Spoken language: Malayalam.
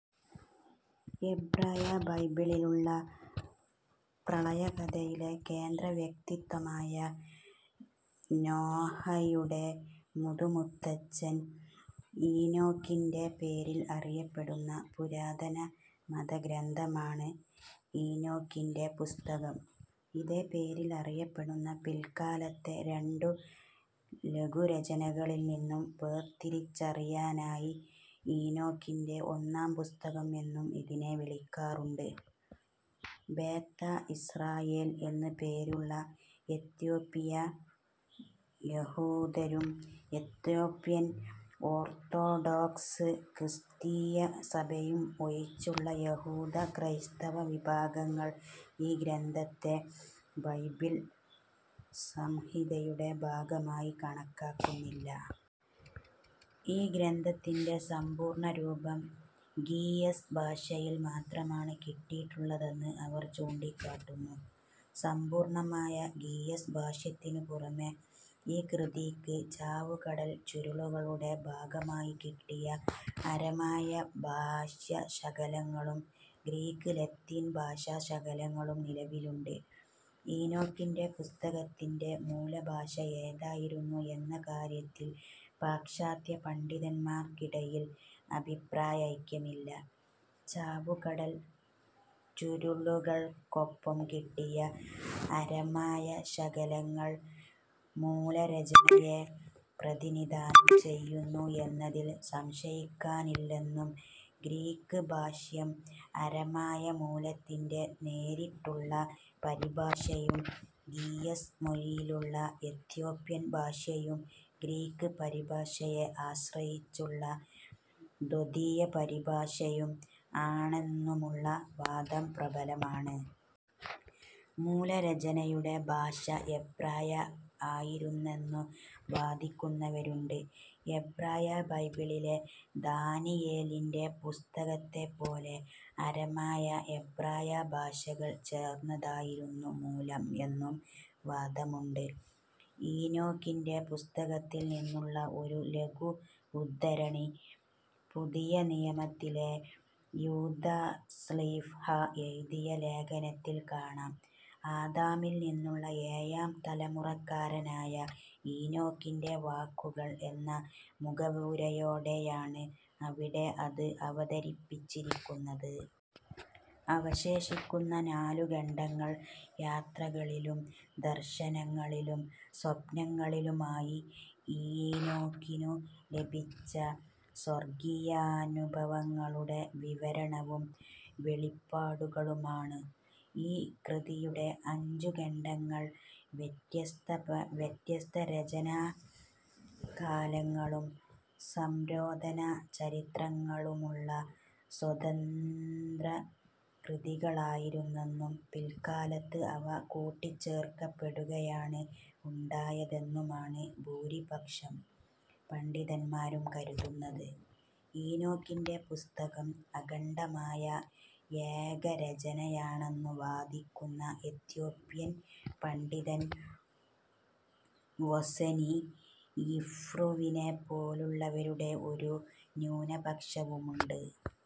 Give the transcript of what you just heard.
എബ്രായബൈബിളിലുള്ള പ്രളയകഥയിലെ കേന്ദ്രവ്യക്തിത്വമായ നോഹയുടെ മുതുമുത്തച്ഛൻ ഈനോക്കിന്റെ പേരിൽ അറിയപ്പെടുന്ന പുരാതന മതഗ്രന്ഥമാണ് ഈനോക്കിന്റെ പുസ്തകം. ഇതേ പേരിൽ അറിയപ്പെടുന്ന പിൽക്കാലത്തെ രണ്ടു ലഘുരചനകളിൽ നിന്ന് വേർതിരിച്ചറിയാനായി, ഈനോക്കിന്റെ ഒന്നാം പുസ്തകം എന്നും ഇതിനെ വിളിക്കാറുണ്ട്. "ബേതാ ഇസ്രായേൽ" എന്നു പേരുള്ള എത്യോപ്പിയ യഹൂദരും, എത്യോപ്യൻ ഓർത്തഡോക്സ് ക്രിസ്തീയ സഭയും ഒഴിച്ചുള്ള യഹൂദ, ക്രൈസ്തവ വിഭാഗങ്ങൾ ഈ ഗ്രന്ഥത്തെ ബൈബിൾ സംഹിതയുടെ ഭാഗമായി കണക്കാക്കുന്നില്ല. ഈ ഗ്രന്ഥത്തിന്റെ സമ്പൂർണ്ണരൂപം ഗീയസ് ഭാഷയിൽ മാത്രമാണ് കിട്ടിയിട്ടുള്ളതെന്ന് അവർ ചൂണ്ടിക്കാട്ടുന്നു. സമ്പൂർണ്ണമായ ഗീയസ് ഭാഷ്യത്തിനു പുറമേ ഈ കൃതിയ്ക്ക് ചാവുകടൽ ചുരുളുകളുടെ ഭാഗമായി കിട്ടിയ അരമായ ഭാഷ്യശകലങ്ങളും ഗ്രീക്ക്, ലത്തീൻ ഭാഷാശകലങ്ങളും നിലവിലുണ്ട്. ഈനോക്കിന്റെ പുസ്തകത്തിന്റെ മൂലഭാഷ ഏതായിരുന്നു എന്ന കാര്യത്തിൽ പാശ്ചാത്യപണ്ഡിതന്മാർക്കിടയിൽ അഭിപ്രായൈക്യമില്ല: ചാവുകടൽ ചുരുളുകൾക്കൊപ്പം കിട്ടിയ അരമായ ശകലങ്ങൾ മൂലരചനയെ പ്രതിനിധാനം ചെയ്യുന്നു എന്നതിൽ സംശയിക്കാനില്ലെന്നും ഗ്രീക്ക് ഭാഷ്യം അരമായ മൂലത്തിന്റെ നേരിട്ടുള്ള പരിഭാഷയും ഗീയസ് മൊഴിയിലുള്ള എത്യോപ്യൻ ഭാഷ്യം ഗ്രീക്ക് പരിഭാഷയെ ആശ്രയിച്ചുള്ള ദ്വിതീയ പരിഭാഷയും ആണെന്നുമുള്ള വാദം പ്രബലമാണ്. മൂലരചനയുടെ ഭാഷ എബ്രായ ആയിരുന്നെന്നു വാദിക്കുന്നവരുമുണ്ട്. എബ്രായ ബൈബിളിലെ ദാനിയേലിന്റെ പുസ്തകത്തെപ്പോലെ അരമായ, എബ്രായ ഭാഷകൾ ചേർന്നതായിരുന്നു മൂലം എന്നും വാദമുണ്ട്. ഈനോക്കിന്റെ പുസ്തകത്തിൽ നിന്നുള്ള ഒരു ലഘു ഉദ്ധരണി പുതിയനിയമത്തിലെ യൂദാ ശ്ലീഹാ എഴുതിയ ലേഖനത്തിൽ കാണാം. "ആദാമിൽ നിന്നുള്ള ഏഴാം തലമുറക്കാരനായ ഈനോക്കിന്റെ വാക്കുകൾ" എന്ന മുഖവുരയോടെയാണ് അവിടെ അത് അവതരിപ്പിച്ചിരിക്കുന്നത്. അവശേഷിക്കുന്ന നാലു ഖണ്ഡങ്ങൾ യാത്രകളിലും, ദർശനങ്ങളിലും, സ്വപ്നങ്ങളിലുമായി ഈനോക്കിനു ലഭിച്ച സ്വർഗ്ഗീയാനുഭവങ്ങളുടെ വിവരണവും വെളിപാടുകളുമാണ്. ഈ കൃതിയുടെ അഞ്ചു ഖണ്ഡങ്ങൾ വ്യത്യസ്തരചനാകാലങ്ങളും സംശോധനാചരിത്രങ്ങളുമുള്ള സ്വതന്ത്രകൃതികളായിരുന്നെന്നും പിൽക്കാലത്ത് അവ കൂട്ടിച്ചേർക്കപ്പെടുകയാണ് ഉണ്ടായതെന്നുമാണ് ഭൂരിപക്ഷം പണ്ഡിതന്മാരും കരുതുന്നത്. ഈനോക്കിന്റെ പുസ്തകം അഖണ്ഡമായ ഏകരചനയാണെന്നു വാദിക്കുന്ന എത്യോപ്യൻ പണ്ഡിതൻ വോസെനി യിഫ്രുവിനെപ്പോലുള്ളവരുടെ ഒരു ന്യൂനപക്ഷവുമുണ്ട്.